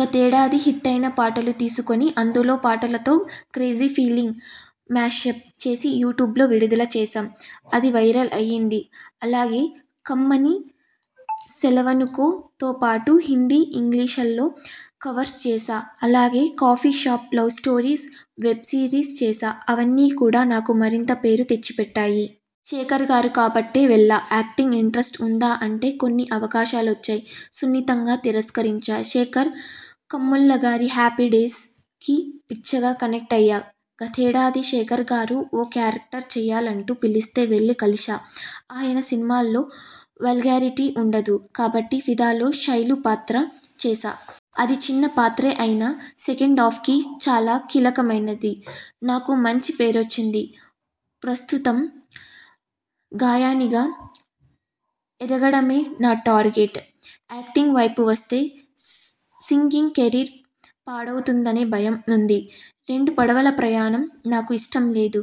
గతేడాది హిట్టైన పాటలు తీసుకుని అందులో పాటలతో 'క్రేజీ ఫీలింగ్' 'మ్యాషప్' చేసి యూ ట్యూబ్లో విడుదల చేశాం. అది వైరల్ అయింది. అలాగే 'కమ్మనీ', 'సెలవనుకో'తోపాటు హిందీ, ఇంగ్లి్షలో కవర్స్ చేశా. అలాగే 'కాఫీషాప్ లవ్స్టోరీస్' వెబ్సిరీస్ చేశా. అవన్నీ కూడా నాకు మరింత పేరు తెచ్చిపెట్టాయి. శేఖర్గారు కాబట్టే వెళ్లా యాక్టింగ్ ఇంట్రెస్ట్ ఉందా అంటే కొన్ని అవకాశాలొచ్చాయి. సున్నితంగా తిరస్కరించా. శేఖర్ కమ్ములగారి 'హ్యాపీడే్స'కి పిచ్చగా కనెక్ట్ అయ్యా. గతేడాది శేఖర్గారు ఓ క్యారెక్టర్ చెయ్యాలంటూ పిలిస్తే వెళ్లి కలిశా. ఆయన సినిమాల్లో వల్గారిటీ ఉండదు కాబట్టి 'ఫిదా'లో శైలూ పాత్ర చేశా. అది చిన్న పాత్రే అయినా సెకెండా్ఫకి చాలా కీలకమైనది. నాకూ మంచి పేరొచ్చింది. ప్రస్తుతం గాయనిగా ఎదగడమే నా టార్గెట్. యాక్టింగ్ వైపు వస్తే సింగింగ్ కెరీర్ పాడవుతుందనే భయం ఉంది. రెండు పడవల ప్రయాణం నాకు ఇష్టం లేదు.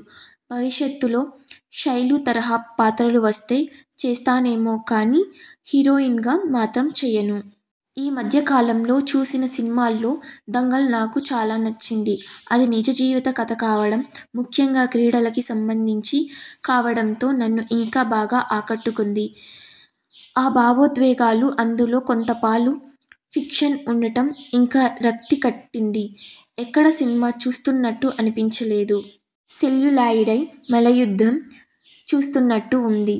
భవిష్యత్తులో శైలూ తరహా పాత్రలు వస్తే చేస్తానేమో కానీ హీరోయిన్గా మాత్రం చెయ్యను. ఈ మధ్య కాలంలో చూసిన సినిమాల్లో దంగల్ నాకు చాలా నచ్చింది. అది నిజ జీవిత కథ కావడం. ముఖ్యంగా క్రీడలకి సంబంధించి కావడంతో నన్ను ఇంకా బాగా ఆకట్టుకుంది. ఆ భావోద్వేగాలు, అందులో కొంతపాలు ఫిక్షన్ ఉండడం ఇంకా రక్తి కట్టింది. ఎక్కడా సినిమా చూస్తున్నట్టు అనిపించ లేదు. సెల్యులాయిడ్పై మల్లయుద్ధం చూస్తున్నట్టు ఉంది.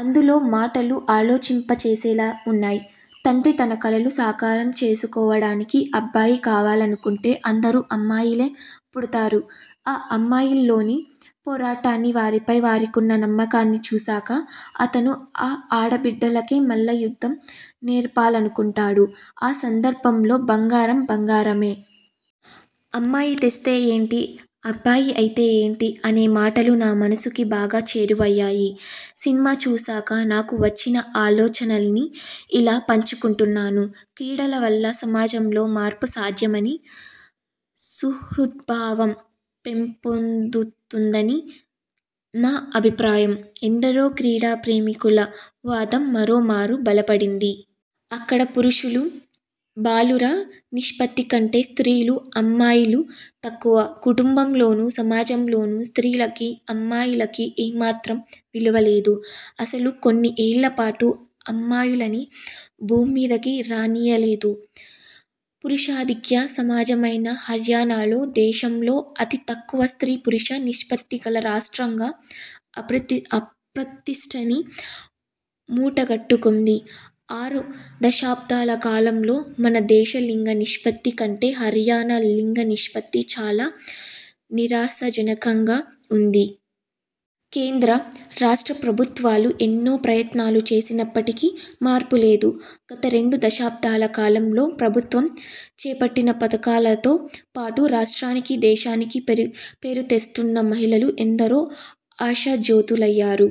అందులో మాటలు ఆలోచింప చేసేలా ఉన్నాయి. తండ్రి తన కలలు సాకారం చేసుకోవడానికి అబ్బాయి కావాలనుకుంటే అందరూ అమ్మాయిలే పుడతారు. ఆ అమ్మాయిల్లోని పోరాటాన్ని, వారిపై వారికున్న నమ్మకాన్ని చూసాకా, అతను ఆ ఆడ బిడ్డలకే మల్లయుద్ధం నేర్పాలనుకుంటాడు. ఆ సందర్భంలో ''బంగారం బంగారమే. అమ్మాయి తెస్తే ఏంటి? అబ్బాయి అయితే ఏంటి? '' అనే మాటలు నా మనసుకి బాగా చేరువయ్యాయి. సినిమా చూసాక నాకు వచ్చిన ఆలోచనల్ని ఇలా పంచుకుంటున్నాను. క్రీడల వల్ల సమాజంలో మార్పు సాధ్యమనీ, సుహృద్భావం పెంపొందుతుందనీ నా అభిప్రాయం, ఎందరో క్రీడా ప్రేమికుల వాదం మరో మారు బలపడింది. అక్కడ పురుషులూ, బాలుర నిష్పత్తికంటే స్త్రీలు అమ్మాయిలు తక్కువ. కుటుంబంలోనూ, సమాజంలోనూ స్త్రీలకీ, అమ్మాయిలకీ ఏమాత్రం విలువలేదు. అసలు కొన్ని ఏళ్లపాటు అమ్మాయిలని భూమ్మీదకి రానీయలేదు పురుషాధిక్య సమాజమైన హర్యానాలో! దేశంలో అతి తక్కువ స్త్రీ పురుష నిష్పత్తిగల రాష్ట్రంగా అప్రతిష్ఠని మూటగట్టుకుంది. ఆరు దశాబ్దాల కాలంలో మన దేశ లింగ నిష్పత్తి కంటే హర్యానా లింగనిష్పత్తి చాలా నిరాశాజనకంగా ఉంది. కేంద్ర, రాష్ట్ర ప్రభుత్వాలు ఎన్నో ప్రయత్నాలు చేసినప్పటికీ మార్పు లేదు. గత రెండు దశాబ్దాల కాలంలో ప్రభుత్వం చేపట్టిన పథకాలతో పాటు; రాష్ట్రానికీ, దేశానికీ పేరుతెస్తున్న మహిళలు ఎందరో ఆశాజ్యోతులయ్యారు.